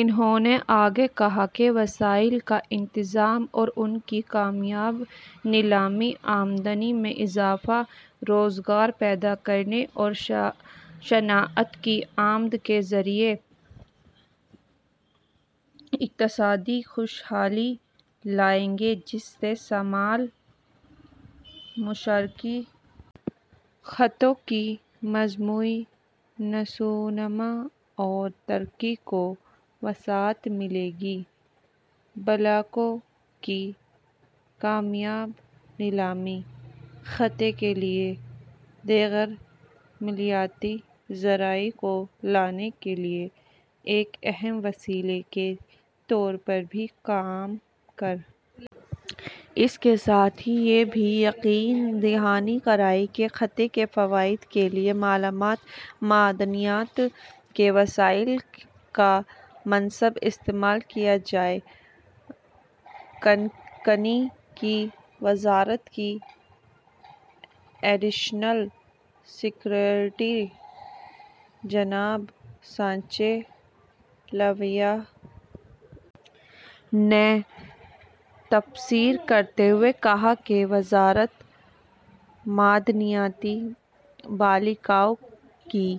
انہوں نے آگے کہا کہ وسائل کا انتظام اور ان کی کامیاب نیلامی آمدنی میں اضافہ روزگار پیدا کرنے اور صنعت کی آمد کے ذریعہ اقتصادی خوشحالی لائے گی جس سے شمال مشرقی خطوں کی مجموعی نشوونما اور ترقی کو وسعت ملے گی بلاکوں کی کامیاب نیلامی خطے کے لیے دیگر مالیاتی ذرائع کو لانے کے لیے ایک اہم وسیلے کے طور پر بھی کام کر اس کے ساتھ ہی یہ بھی یقین دہانی کرائی کہ خطے کے فوائد کے لیے مالامال معدنیات کے وسائل کا مناسب استعمال کیا جائے کانکنی کی وزارت کے ایڈیشنل سکریٹری جناب سنجے لوہیا نے تبصرہ کرتے ہوئے کہا کہ وزارت معدنیاتی بلاکوں کی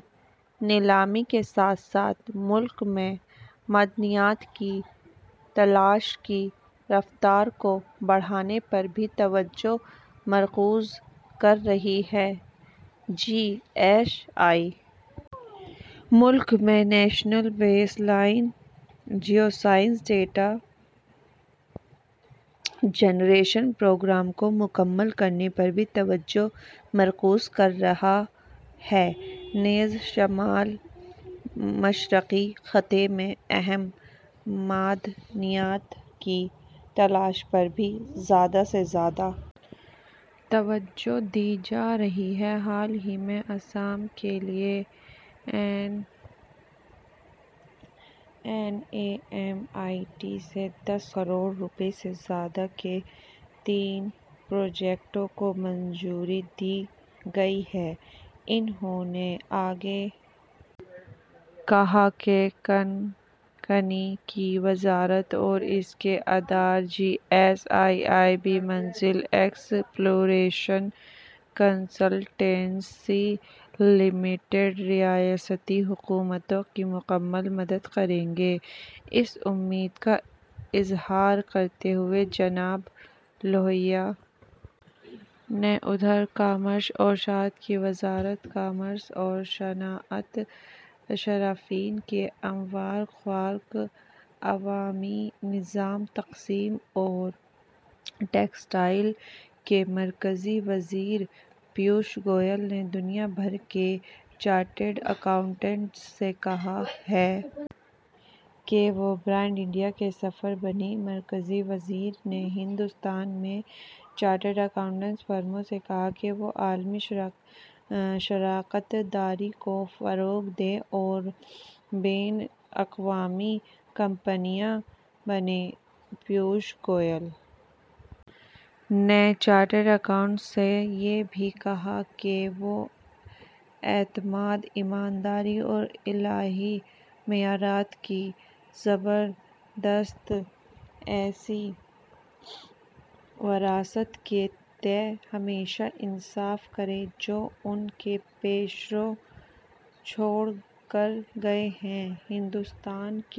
نیلامی کے ساتھ ساتھ ملک میں معدنیات کی تلاش کی رفتار کو بڑھانے پر بھی توجہ مرکوز کر رہی ہے جی ایس آئی ملک میں national baseline geoscience data generation programme کو مکمل کرنے پر بھی توجہ مرکوز کر رہا ہے نیز شمال مشرقی خطے میں اہم معدنیات کی تلاش پر بھی زیادہ سے زیادہ توجہ دی جا رہی ہے حال ہی میں آسام کے لیے N A M E T سے دس کروڑ روپے سے زیادہ کے تین پروجیکٹوں کو منظوری دی گئی ہے انہوں نے آگے کہا کہ کانکنی کی وزارت اور اس کے ادارے G S I I B mineral exploration consultancy limited ریاستی حکومتوں کی مکمل مدد کریں گے اس امید کا اظہار کرتے ہوئے جناب لوہیا نے ادھر کامرس اور صنعت کی وزارت کامرس اور صنعت صارفین کے امور خوراک عوامی نظام تقسیم اور ٹیکسٹائل کے مرکزی وزیر پیوش گوئل نے دنیا بھر کے چارٹرڈ اکاؤنٹنٹس سے کہا ہے کہ وہ برانڈ انڈیا کے سفراء بنیں مرکزی وزیر نے ہندوستان میں چارٹرڈ اکاؤنٹینسی فرموں سے کہا ہے کہ وہ عالمی شراکت داری کو فروغ دیں اور بین الاقوامی کمپنیاں بنیں پیوش گوئل نے چارٹرڈ اکاؤنٹنٹس سے یہ بھی کہا کہ وہ اعتماد ایمانداری اور اعلیٰ معیارات کی زبردست ایسی وراثت کے تئیں ہمیشہ انصاف کریں جو ان کے پیشرو چھوڑ کر گئے ہیں ہندوستان کے